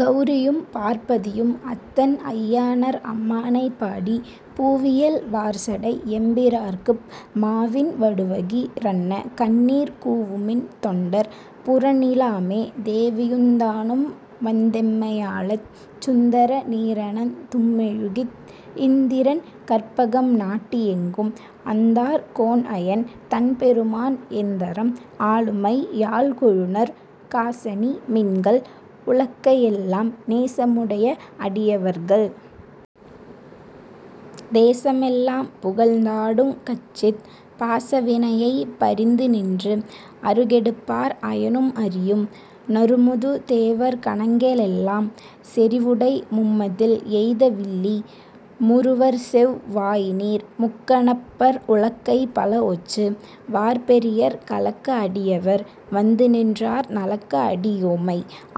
கௌரியும் பார்ப்பதியும் அத்தன் ஐயாறன்அம்மானைபாடி பூவியல் வார்சடை எம்பிராற்குப் மாவின் வடுவகி ரன்ன கண்ணீர் கூவுமின் தொண்டர் புறநிலாமே தேவியுந் தானும்வந்தெம்மையாளச் சுந்தர நீறணந் தும்மெழுகித் இந்திரன் கற்பகம் நாட்டியெங்கும் அந்தார் கோன்அயன் தன்பெருமான் எந்தரம் ஆளுமை யாள்கொழுநற் காசணி மின்கள் உலக்கையெல்லாம் நேசமுடைய அடியவர்கள் தேசமெல்லாம் புகழ்ந் தாடுங் கச்சித் பாசவினையைப் பறிந்துநின்று அறுகெடுப்பார் அயனும்அரியும் நறுமுது தேவர்கணங்கெளெல்லாம் செறிவுடை மும்மதில் எய்தவில்லி முறுவற்செவ் வாயினீர் முக்கணப்பற் உலக்கை பலஒச்சு வார்பெரியர் கலக்க அடியவர் வந்துநின்றார் நலக்க அடியோமை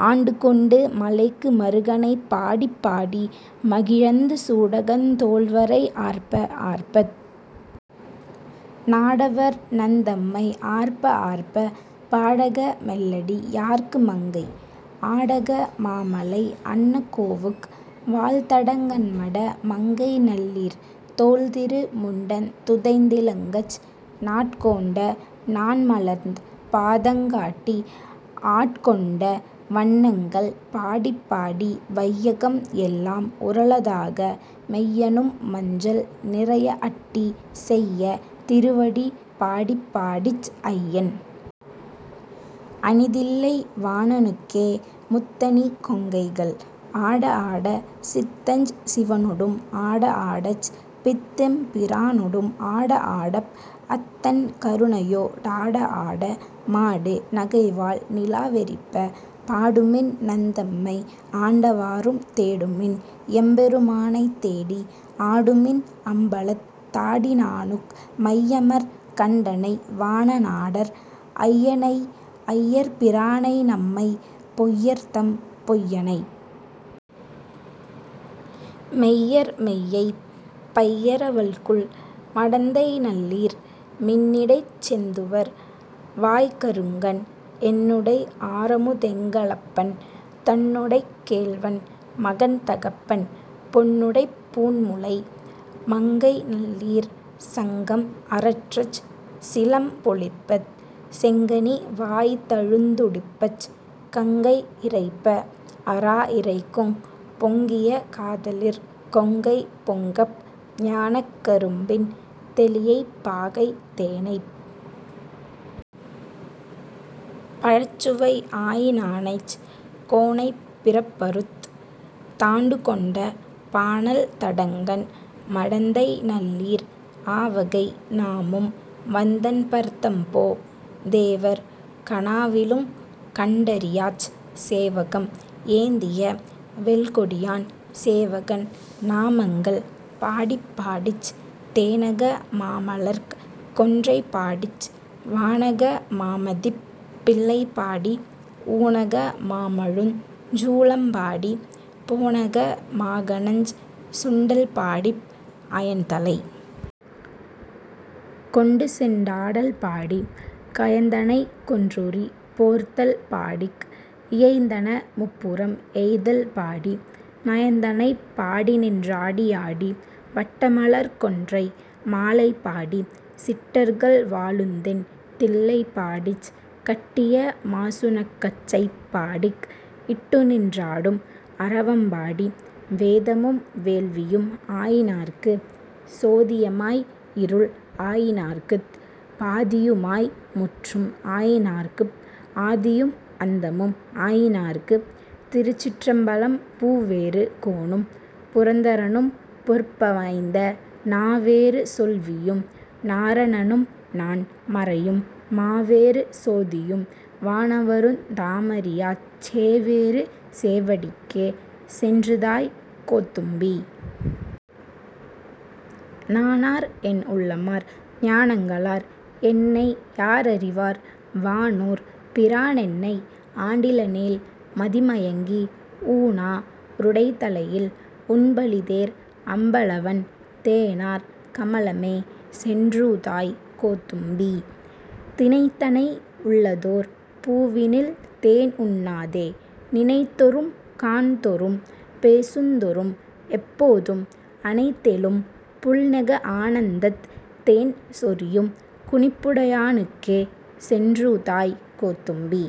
ஆண்டுகொண்டு மலைக்கு மருகனைப் பாடிப்பாடி மகிழந்து சூடகந் தோள்வரை ஆர்ப்ப ஆர்ப்பத் நாடவர் நந்தம்மை ஆர்ப்ப ஆர்ப்ப பாடக மெல்லடி யார்க்கு மங்கை ஆடக மாமலை அன்னகோவுக் வாள்தடங்கண்மட மங்கைநல்லீர் தோள்திரு முண்டந் துதைந்திலங்கச் நாட்கோண்ட நாண்மலர்ந் பாதங்காட்டி ஆட்கொண்ட வண்ணங்கள் பாடிப்பாடி வையகம் எல்லாம் உரலதாக மெய்யனும் மஞ்சள் நிறைய அட்டி செய்ய திருவடி பாடிப்பாடிச் ஐயன் அணிதில்லை வாணனுக்கே முத்தணி கொங்கைகள் ஆடஆட சித்தஞ் சிவனொடும் ஆடஆடச் பித்தெம் பிரானொடும் ஆடஆடப் அத்தன் கருணையொ டாடஆட மாடு நகைவாள் நிலாவெறிப்ப பாடுமின் நந்தம்மை ஆண்டவாறும் தேடுமின் எம்பெருமானைத்தேடி ஆடுமின் அம்பலத் தாடினானுக் மையமர் கண்டனை வானநாடர் ஐயனை ஐயர்பிரானைநம்மை பொய்யர் தம் பொய்யனை மெய்யர் மெய்யைப் பையர வல்குல் மடந்தைநல்லீர் மின்னிடைச் செந்துவர் வாய்க்கருங்கண் என்னுடை ஆரமுதெங்களப்பன் தன்னுடைக் கேள்வன் மகன்தகப்பன் பொன்னுடைப் பூண்முலை மங்கைநல்லீர் சங்கம் அரற்றச் சிலம்பொலிப்பத் செங்கனி வாயிதழுந்துடிப்பச் கங்கை இரைப்ப அராஇரைக்குங் பொங்கிய காதலிற் கொங்கை பொங்கப் ஞானக் கரும்பின் தெளியைப் பாகை தேனைப் பழச்சுவை ஆயினானைச் கோனைப் பிறப்பறுத் தாண்டுகொண்ட பானல் தடங்கண் மடந்தைநல்லீர் ஆவகை நாமும் வந்தன்பர்தம்போ தேவர் கனாவிலுங் கண்டறியாச் சேவகம் ஏந்திய வெல்கொடியான் சேவகன் நாமங்கள் பாடிப்பாடிச் தேனக மாமலர்க் கொன்றைபாடிச் வானக மாமதிப் பிள்ளைபாடி ஊனக மாமழுச் சூலம்பாடி போனக மாகநஞ் சுண்டல்பாடிப் அயன்தலை கொண்டுசெண்டாடல்பாடி கயந்தனைக் கொன்றுரி போர்த்தல் பாடிக் இயைந்தன முப்புரம் எய்தல் பாடி நயந்தனைப் பாடிநின் றாடியாடி வட்டமலர்க்கொன்றை மாலைபாடி சிட்டர்கள் வாழுந்தென் தில்லைபாடிச் கட்டிய மாசுணக்கச்சைப் பாடிக் இட்டுநின் றாடும் அரவம்பாடி வேதமும் வேள்வியும் ஆயினார்க்கு சோதிய மாய் இருள் ஆயினார்க்குத் பாதியு மாய் முற்றும் ஆயினார்க்குப் ஆதியும் அந்தமும் ஆயினார்க்கு திருச்சிற்றம்பலம் பூவேறு கோனும் புரந்தரனும் பொற்பமைந்த நாவேறு செல்வியும் நாரணணும் நான் மறையும் மாவேறு சோதியும் வானவருந் தாமறியாச் சேவேறு சேவடிக்கே சென்றுதாய் கோத்தும்பீ. நானார் என் உள்ளமார் ஞானங்க ளார் என்னை யாரறிவார் வானோர் பிரானென்னை ஆண்டிலனேல் மதிமயங்கி ஊனா ருடைதலையில் உண்பலிதேர் அம்பலவன் தேனார் கமலமே சென்றூதாய் கோத்தும்பீ. தினைத்தனை உள்ளதோர் பூவினில் தேன்உண்ணாதே நினைத்தொறும் காண்தொறும் பேசுந்தொறும் எப்போதும் அனைத்தெலும் புள்நெக ஆனந்தத் தேன் சொரியும் குனிப்புடையானுக்கே சென்றூதாய் கோத்தும்பீ.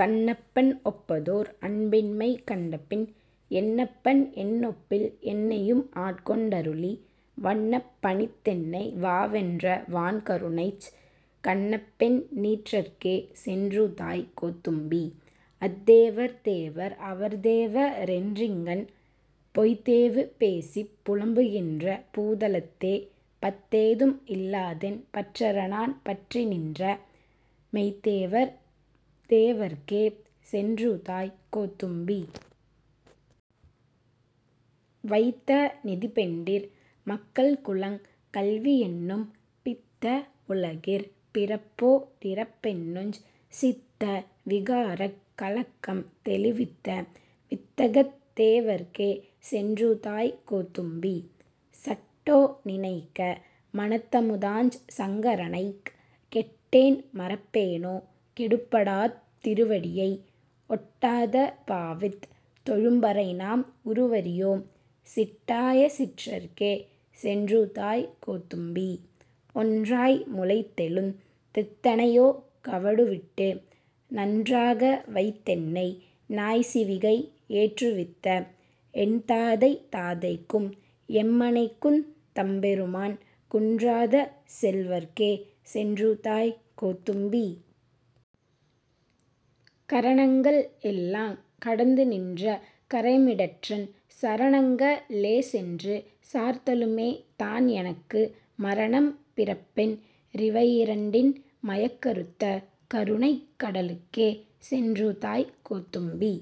கண்ணப்பன் ஒப்பதோர் அன்பின்மை கண்டபின் என்னப்பன் என்னொப்பில் என்னையும் ஆட்கொண்டருளி வண்ணப் பணித்தென்னை வாவென்ற வான் கருணைச் கண்ணப்பென் நீற்றற்கே சென்றூதாய் கோத்தும்பீ. அத்தேவர் தேவர் அவர்தேவ ரென்றிங்ஙன் பொய்த்தேவு பேசிப் புலம்புகின்ற பூதலத்தே பத்தேதும் இல்லாதென் பற்றறநான் பற்றிநின்ற மெய்த்தேவர் தேவற்கே சென்றூதாய் கோத்தும்பீ. வைத்த நிதிபெண்டிர் மக்கள்குலங் கல்வியென்னும் பித்த உலகிற் பிறப்போ டிறப்பென்னுஞ் சித்த விகாரக் கலக்கம் தெளிவித்த வித்தகத் தேவற்கே சென்றூதாய் கோத்தும்பீ. சட்டோ நினைக்க மனத்தமுதாஞ் சங்கரனைக் கெட்டேன் மறப்பேனோ கேடுபடாத் திருவடியை ஒட்டாத பாவித் தொழும்பரைநாம் உருவறியோம் சிட்டாய சிட்டற்கே சென்றூதாய் கோத்தும்பீ. ஒன்றாய் முளைத்தெழுந் தெத்தனையோ கவடுவிட்டு நன்றாக வைத்தென்னை நாய்சிவிகை ஏற்றுவித்த என்தாதை தாதைக்கும் எம்மனைக்குந் தம்பெருமான் குன்றாத செல்வற்கே சென்றூதாய் கோத்தும்பீ. கரணங்கள் எல்லாங் கடந்துநின்ற கறைமிடற்றன் சரணங்க ளேசென்று சார்தலுமே தான்எனக்கு மரணம் பிறப்பென் றிவையிரண்டின் மயக்கறுத்த கருணைக் கடலுக்கே சென்றூதாய் கோத்தும்பீ.